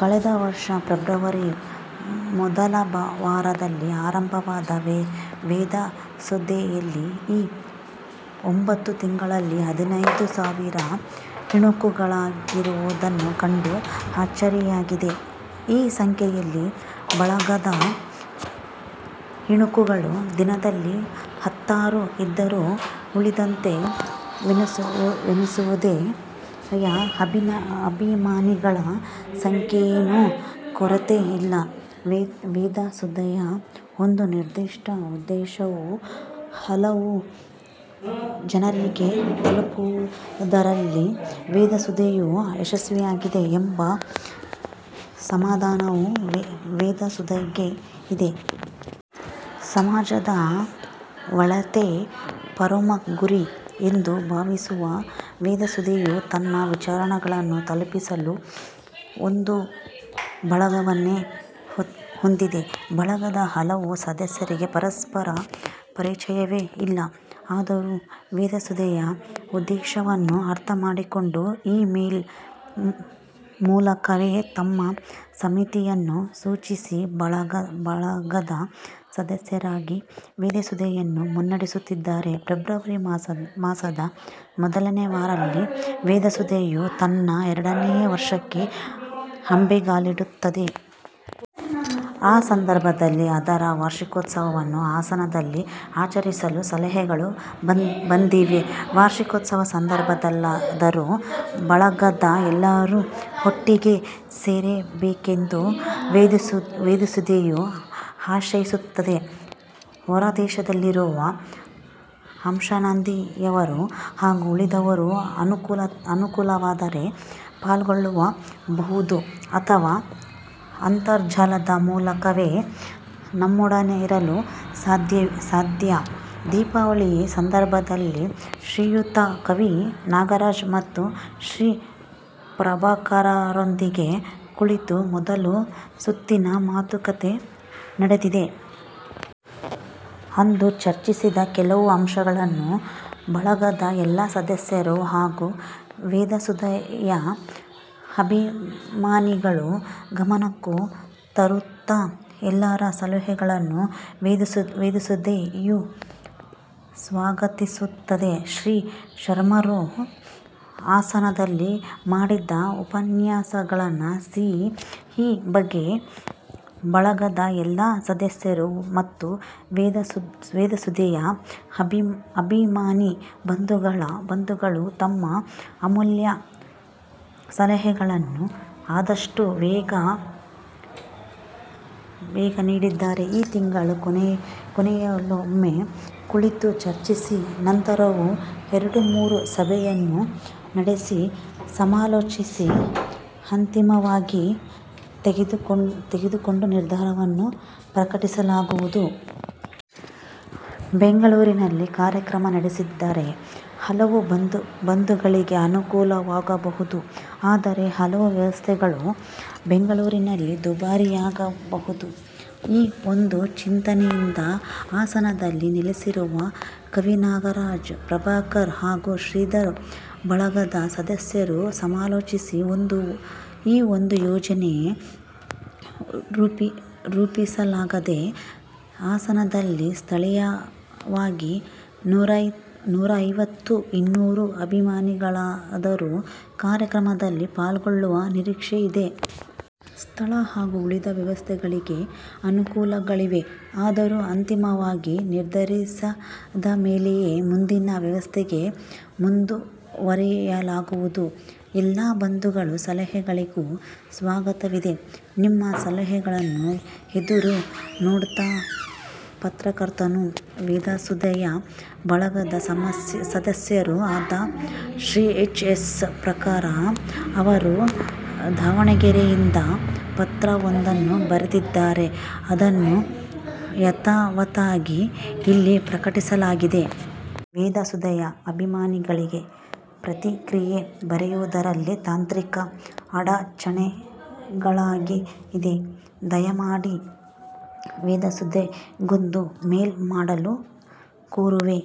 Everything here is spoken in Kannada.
ಕಳೆದ ವರ್ಷ ಫೆಬ್ರವರಿ ಮೊದಲ ವಾರದಲ್ಲಿ ಆರಂಭವಾದ ವೇದ ಸುಧೆಯಲ್ಲಿ ಈ ಒಂಬತ್ತು ತಿಂಗಳಲ್ಲಿ ಹದಿನೈದು ಸಾವಿರ ಇಣುಕುಗಳಾಗಿರುವುದನ್ನು ಕಂಡು ಅಚ್ಚರಿಯಾಗಿದೆ. ಈ ಸಂಖ್ಯೆಯಲ್ಲಿ ಬಳಗದ ಇಣುಕುಗಳು ದಿನದಲ್ಲಿ ಹತ್ತಾರು ಇದ್ದರೂ ಉಳಿದಂತೆ ವೇದಸುಧೆಯ ಅಭಿಮಾನಿಗಳ ಸಂಖ್ಯೆಗೇನೂ ಕೊರತೆ ಇಲ್ಲ. ವೇದಸುಧೆಯ ಒಂದು ನಿರ್ದಿಷ್ಟ ಉದ್ದೇಶವು ಹಲವು ಜನರಿಗೆ ತಲುಪುವುದರಲ್ಲಿ ವೇದಸುಧೆಯು ಯಶಸ್ವಿಯಾಗಿದೆ, ಎಂಬ ಸಮಾಧಾನವು ವೇದಸುಧೆಗೆ ಇದೆ. ಸಮಾಜದ ಒಳಿತೇ ಪರಮ ಗುರಿ ಎಂದು ಭಾವಿಸುವ ವೇದಸುಧೆಯು ತನ್ನ ವಿಚಾರಗಳನ್ನು ತಲುಪಿಸಲು ಒಂದು ಬಳಗವನ್ನೇ ಹೊಂದಿದೆ. ಬಳಗದ ಹಲವು ಸದಸ್ಯರಿಗೆ ಪರಸ್ಪರ ಪರಿಚಯವೇ ಇಲ್ಲ. ಆದರೂ ವೇದಸುಧೆಯ ಉದ್ದೆಶವನ್ನು ಅರ್ಥಮಾಡಿಕೊಂಡು ಈ-ಮೇಲ್ ಮೂಲಕವೇ ತಮ್ಮ ಸಮ್ಮತಿಯನ್ನು ಸೂಚಿಸಿ ಬಳಗದ ಸದಸ್ಯರಾಗಿ ವೇದಸುಧೆಯನ್ನು ಮುನ್ನಡೆಸುತ್ತಿದ್ದಾರೆ. ಫೆಬ್ರವರಿ ಮಾಸದ ಮೊದಲವಾರದಲ್ಲಿ ವೇದಸುಧೆಯು ತನ್ನ ಎರಡನೆಯ ವರ್ಷಕ್ಕೆ ಅಂಬೆಗಾಲಿಡುತ್ತಿದೆ. ಆಸಂದರ್ಭದಲ್ಲಿ ಅದರ ವಾರ್ಷಿಕೋತ್ಸವನ್ನು ಹಾಸನದಲ್ಲಿ ಆಚರಿಸಲು ಸಲಹೆಗಳು ಬಂದಿವೆ. ವಾರ್ಷಿಕೋತ್ಸವ ಸಂದರ್ಭದಲ್ಲಾದರೂ ಬಳಗದ ಎಲ್ಲರೂ ಒಟ್ಟಿಗೆ ಸೇರಬೇಕೆಂದು ವೇದಸುಧೆಯು ಆಶಿಸುತ್ತದೆ. ಹೊರದೇಶದಲ್ಲಿರುವ ಹಂಸಾನಂದಿಯವರು ಹಾಗೂ ಉಳಿದವರು ಅನುಕೂಲವಾದರೆ ಪಾಲ್ಗೊಳ್ಳಲೂ ಬಹುದು ಅಥವಾ ಅಂತರ್ಜಾಲದ ಮೂಲಕವೇ ನಮ್ಮೊಡನಿರಲು ಸಾಧ್ಯ. ದೀಪಾವಳಿಯ ಶುಭಸಂದರ್ಭದಲ್ಲಿ ಶ್ರೀಯುತ ಕವಿ ನಾಗರಾಜ್ ಮತ್ತು ಶ್ರೀ ಪ್ರಭಾಕರರೊಂದಿಗೆ ಕುಳಿತು ಮೊದಲ ಸುತ್ತಿನ ಮಾತುಕತೆ ನಡೆದಿದೆ. ಅಂದು ಚರ್ಚಿಸಿದ ಕೆಲವು ಅಂಶಗಳನ್ನು ಬಳಗದ ಎಲ್ಲಾ ಸದಸ್ಯರ ಹಾಗೂ ವೇದಸುಧೆಯ ಅಭಿಮಾನಿಗಳ ಗಮನಕ್ಕೂ ತರುತ್ತಾ ಎಲ್ಲರ ಸಲಹೆಗಳನ್ನೂ ವೇದಸುಧೆಯು ಸ್ವಾಗತಿಸುತ್ತದೆ. ಶ್ರೀ ಶರ್ಮರು ಹಾಸನದಲ್ಲಿ ಮಾಡಿದ ಉಪನ್ಯಾಸಗಳ ಸಿ. ಈ ಬಗ್ಗೆ ಬಳಗದ ಎಲ್ಲಾ ಸದಸ್ಯರೂ ಮತ್ತು ವೇದಸುಧೆಯ ಅಭಿಮಾನಿ ಬಂಧುಗಳು ತಮ್ಮ ಅಮೂಲ್ಯಸಲಹೆಗಳನ್ನು ಆದಷ್ಟೂ ಬೇಗ ನೀಡಿದರೆ ಈ ತಿಂಗಳ ಕೊನೆಯಲ್ಲೊಮ್ಮೆ ಕುಳಿತು ಚರ್ಚಿಸಿ ನಂತರವೂ ಎರಡು-ಮೂರು ಸಭೆಯನ್ನು ನಡೆಸಿ ಸಮಾಲೋಚಿಸಿ ಅಂತಿಮವಾಗಿ ತೆಗೆದುಕೊಂಡ ನಿರ್ಧಾರವನ್ನು ಪ್ರಕಟಿಸಲಾಗುವುದು. ಬೆಂಗಳೂರಿನಲ್ಲಿ ಕಾರ್ಯಕ್ರಮ ನಡೆಸಿದರೆ ಹಲವು ಬಂಧುಗಳಿಗೆ ಅನುಕೂಲ ವಾಗಬಹುದು. ಆದರೆ ಹಲವು ವ್ಯವಸ್ಥೆಗಳು ಬೆಂಗಳೂರಿನಲ್ಲಿ ದುಬಾರಿಯಾಗಬಹುದು. ಈ ಒಂದು ಚಿಂತನೆಯಿಂದ ಹಾಸನದಲ್ಲಿ ನೆಲಸಿರುವ ಕವಿನಾಗರಾಜ್, ಪ್ರಭಾಕರ್ ಹಾಗೂ ಶ್ರೀಧರ್ ಬಳಗದ ಸದಸ್ಯರು ಸಮಾಲೋಚಿಸಿ ಈ ಒಂದು ಯೋಜನೆ ರೂಪಿಸಲಾಗಿದೆ. ಹಾಸನದಲ್ಲಿ ಸ್ಥಳೀಯವಾಗಿ ನೂರೈವತ್ತು -ಇನ್ನೂರು ಅಭಿಮಾನಿಗಳಾದರೂ ಕಾರ್ಯಕ್ರಮದಲ್ಲಿ ಪಾಲ್ಗೊಳ್ಳುವ ನಿರೀಕ್ಷೆ ಇದೆ. ಸ್ಥಳ ಹಾಗೂ ಉಳಿದ ವ್ಯವಸ್ಥೆಗಳಿಗೆ ಅನುಕೂಲಗಳಿವೆ. ಆದರೂ ಅಂತಿಮವಾಗಿ ನಿರ್ಧರಿಸಿದಮೇಲೆಯೇ ಮುಂದಿನ ವ್ಯವಸ್ಥೆಗೆ ಮುಂದುವರೆಯಲಾಗುವುದು. ಎಲ್ಲಾ ಬಂಧುಗಳ ಸಲಹೆಗಳಿಗೂ ಸ್ವಾಗತವಿದೆ. ನಿಮ್ಮ ಸಲಹೆಗಳನ್ನು ಎದುರು ನೋಡುತ್ತಾಪತ್ರಕರ್ತರೂ ವೇದಸುಧೆಯ ಬಳಗದ ಸದಸ್ಯರೂ ಆದ ಶ್ರೀ ಎಚ್. ಎಸ್. ಪ್ರಭಾಕರ, ಅವರು ದಾವಣಗೆರೆಯಿಂದ ಪತ್ರಒಂದನ್ನು ಬರೆದಿದ್ದಾರೆ ಅದನ್ನು ಯಥಾವತ್ತಾಗಿ ಇಲ್ಲಿ ಪ್ರಕಟಿಲಾಗಿದೆ. ವೇದಸುಧೆಯ ಅಭಿಮಾನಿಗಳಿಗೆ ಪ್ರತಿಕ್ರಿಯೆ ಬರೆಯುವುದರಲ್ಲಿ ತಾಂತ್ರಿಕ ಅಡಚಣೆಗಳಾಗಿದ್ದರೆ ದಯಮಾಡಿ ವೇದಸುಧೆಗೊಂದು ಮೇಲ್ ಮಾಡಲು ಕೋರುವೆ.